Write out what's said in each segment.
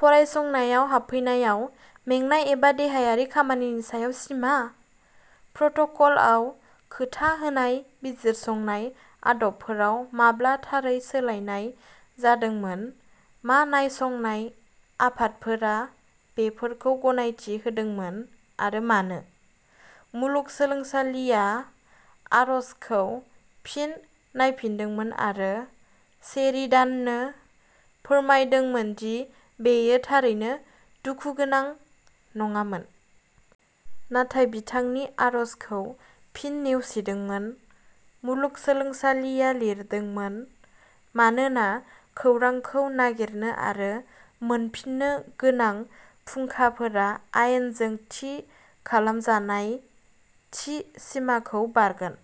फरायसंनायाव हाबफैनायाव मेंनाय एबा देहायारि खामानिनि सायाव सिमा? प्रट'कलआव खोथा होनाय बिजिरसंनाय आदबफोराव माब्ला थारै सोलायनाय जादोंमोन, मा नायसंनाय आफादफोरा बेफोरखौ गनायथि होदोंमोन, आरो मानो? मुलुगसोलोंसालिया आरजखौ फिन नायफिनदोंमोन आरो शेरिडाननो फोरमायदोंमोन दि बेयो थारैनो दुखु गोनां नङामोन। नाथाय बिथांनि आरजखौ फिन नेवसिदोंमोन, मुलुगसोलोंसालिया लिरदोंमोन, मानोना खौरांखौ नागिरनो आरो मोनफिन्नो गोनां फुंखाफोरा आयेनजों थि खालामजानाय थि सिमाखौ बारगोन।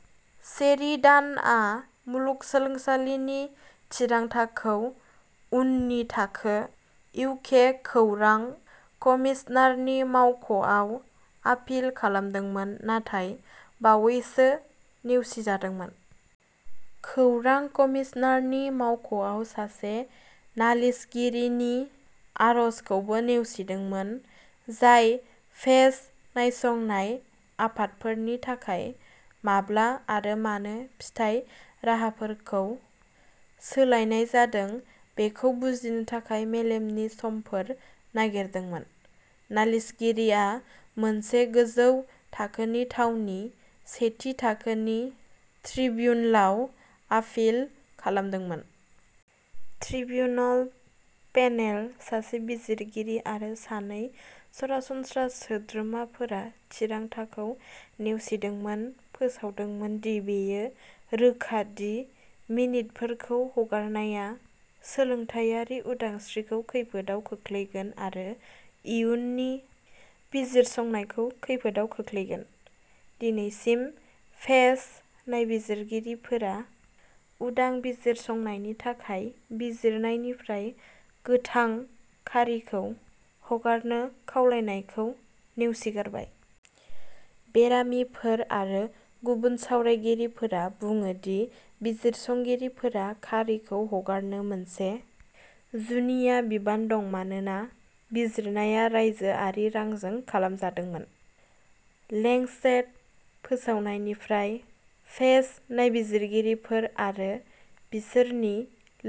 शेरिडानआ मुलुगसोलोंसालिनि थिरांथाखौ उननि थाखो, इउ के खौरां कमिसनारनि मावख'आव आपिल खालामदोंमोन, नाथाय बावैसो नेवसिजादोंमोन। खौरां कमिसनारनि मावख'आ सासे नालिसगिरिनि आरजखौबो नेवसिदोंमोन, जाय पेस नायसंनाय आफादफोरनि थाखाय माब्ला आरो मानो फिथाय राहाफोरखौ सोलायनाय जादों बेखौ बुजिनो थाखाय मेलनि समफोर नागिरदोंमोन। नालिसगिरिआ मोनसे गोजौ थाखोनि थावनि, सेथि थाखोनि ट्रिब्युनलाव आपिल खालामदोंमोन। ट्रिब्युनल पेनेल-सासे बिजिरगिरि आरो सानै सरासनस्रा सोद्रोमाफोरा थिरांथाखौ नेवसिदोंमोन, फोसावदोंमोन दि बेयो रोखा दि मिनितफोरखौ हगारनाया सोलोंथायारि उदांस्रिखौ खैफोदाव खोख्लैगोन आरो इयुननि बिजिरसंनायखौ खैफोदाव खोख्लैगोन। दिनैसिम पेस नायबिजिरगिरिफोरा उदां बिजिरसंनायनि थाखाय बिजिरनायनिफ्राय गोथां खारिखौ हगारनो खावलायनायखौ नेवसिगारबाय। बेरामिफोर आरो गुबुन सावरायगिरिफोरा बुङो दि बिजिरसंगिरिफोरा खारिखौ हगारनो मोनसे जुनिया बिबान दं मानोना बिजिरनाया रायजोआरि रांजों खालामजादोंमोन। लेंसेट फोसावनायनिफ्राय, पेस नायबिजिरगिरिफोर आरो बिसोरनि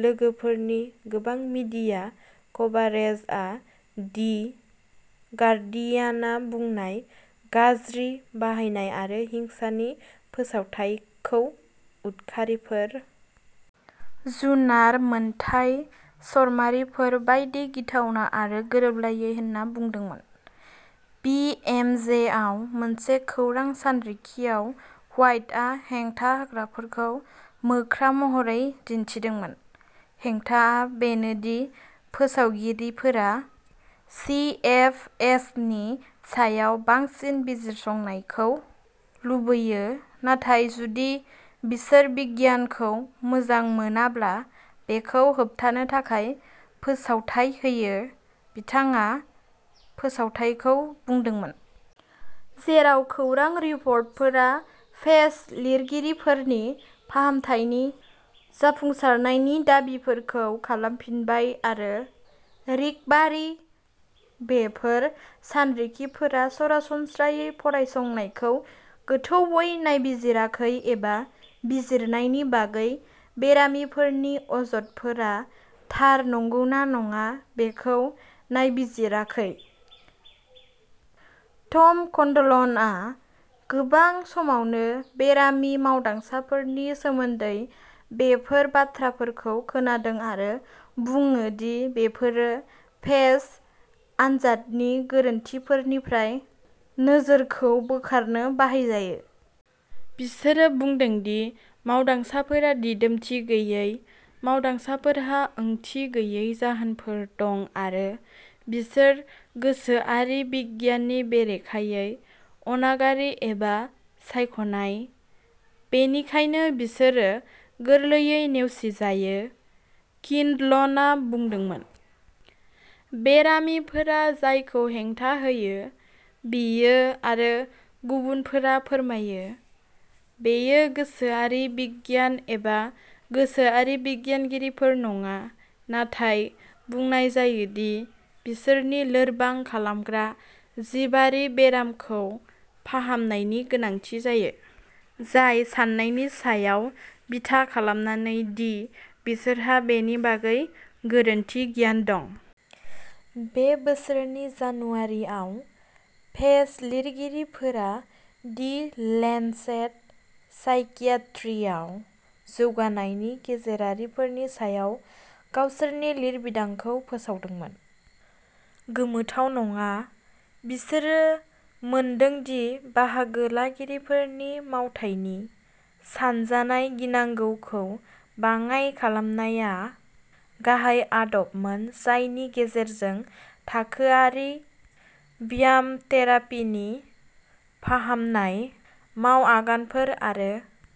लोगोफोरनि गोबां मिडिया कभारेजआ दि गार्डियानआ बुंनाय गाज्रि बाहायनाय आरो हिंसानि फोसावथायखौ उदखारिफोर जुनार मोनथाय चरमारिफोर बायदि गिथावना आरो गोरोबलायै होन्ना बुंदोंमोन। बिएमजेआव मोनसे खौरां सानरिखियाव, ह्वाइटआ हेंथा होग्राफोरखौ मोख्रा महरै दिन्थिदोंमोन। हेंथाआ बेनो दि फोसावगिरिफोरा सिएफएसनि सायाव बांसिन बिजिरसंनायखौ लुबैयो, नाथाय जुदि बिसोर बिगियानखौ मोजां मोनाब्ला बेखौ होबथानो थाखाय फोसावथाय होयो, बिथाङा फोसावथायखौ बुंदोंमोन। जेराव खौरां रिपर्टफोरा पेस लिरगिरिफोरनि फाहामथायनि जाफुंसारनायनि दाबिफोरखौ खालामफिनबाय आरो रिकभारि बेफोर सानरिखिफोरा सरासनस्रायै फरायसंनायखौ गोथौवै नायबिजिराखै एबा बिजिरनायनि बागै बेरामिफोरनि अजदफोरा थार नंगौना नङा बेखौ नायबिजिराखै। टम किन्डल'नआ गोबां समावनो बेरामि मावदांसाफोरनि सोमोन्दै बेफोर बाथ्राफोरखौ खोनादों आरो बुङो दि बेफोरो पेस आनजादनि गोरोन्थिफोरनिफ्राय नोजोरखौ बोखारनो बाहायजायो। बिसोरो बुंदों दि मावदांसाफोरा दिदोमथि गैयै, मावदांसाफोरहा ओंथि गैयै जाहोनफोर दं आरो बिसोर गोसोआरि बिगियाननि बेरेखायै अनागारि एबा सानख'नाय, बेनिखायनो बिसोरो गोरलैयै नेवसिजायो किन्डल'नआ बुंदोंमोन। बेरामिफोरा जायखौ हेंथा होयो, बियो आरो गुबुनफोरा फोरमायो, बेयो गोसोआरि बिगियान एबा गोसोआरि बिगियानगिरिफोर नङा, नाथाय बुंनाय जायो दि बिसोरनि लोरबां खालामग्रा जिबारि बेरामखौ फाहामनायनि गोनांथि जायो, जाय साननायनि सायाव बिथा खालामनानै दि बिसोरहा बेनि बागै गोरोन्थि गियान दं। बे बोसोरनि जानुवारिआव, पेस लिरगिरिफोरा दि लेन्सेट साइकियाट्रीआव जौगानायनि गेजेरारिफोरनि सायाव गावसोरनि लिरबिदांखौ फोसावदोंमोन। गोमोथाव नङा, बिसोरो मोनदों दि बाहागो लागिरिफोरनि मावथायनि सानजानाय गिनांगौखौ बाङाइ खालामनाया गाहाय आदबमोन जायनि गेजेरजों थाखोआरि ब्याम थेरापीनि फाहामनाय मावआगानफोर आरो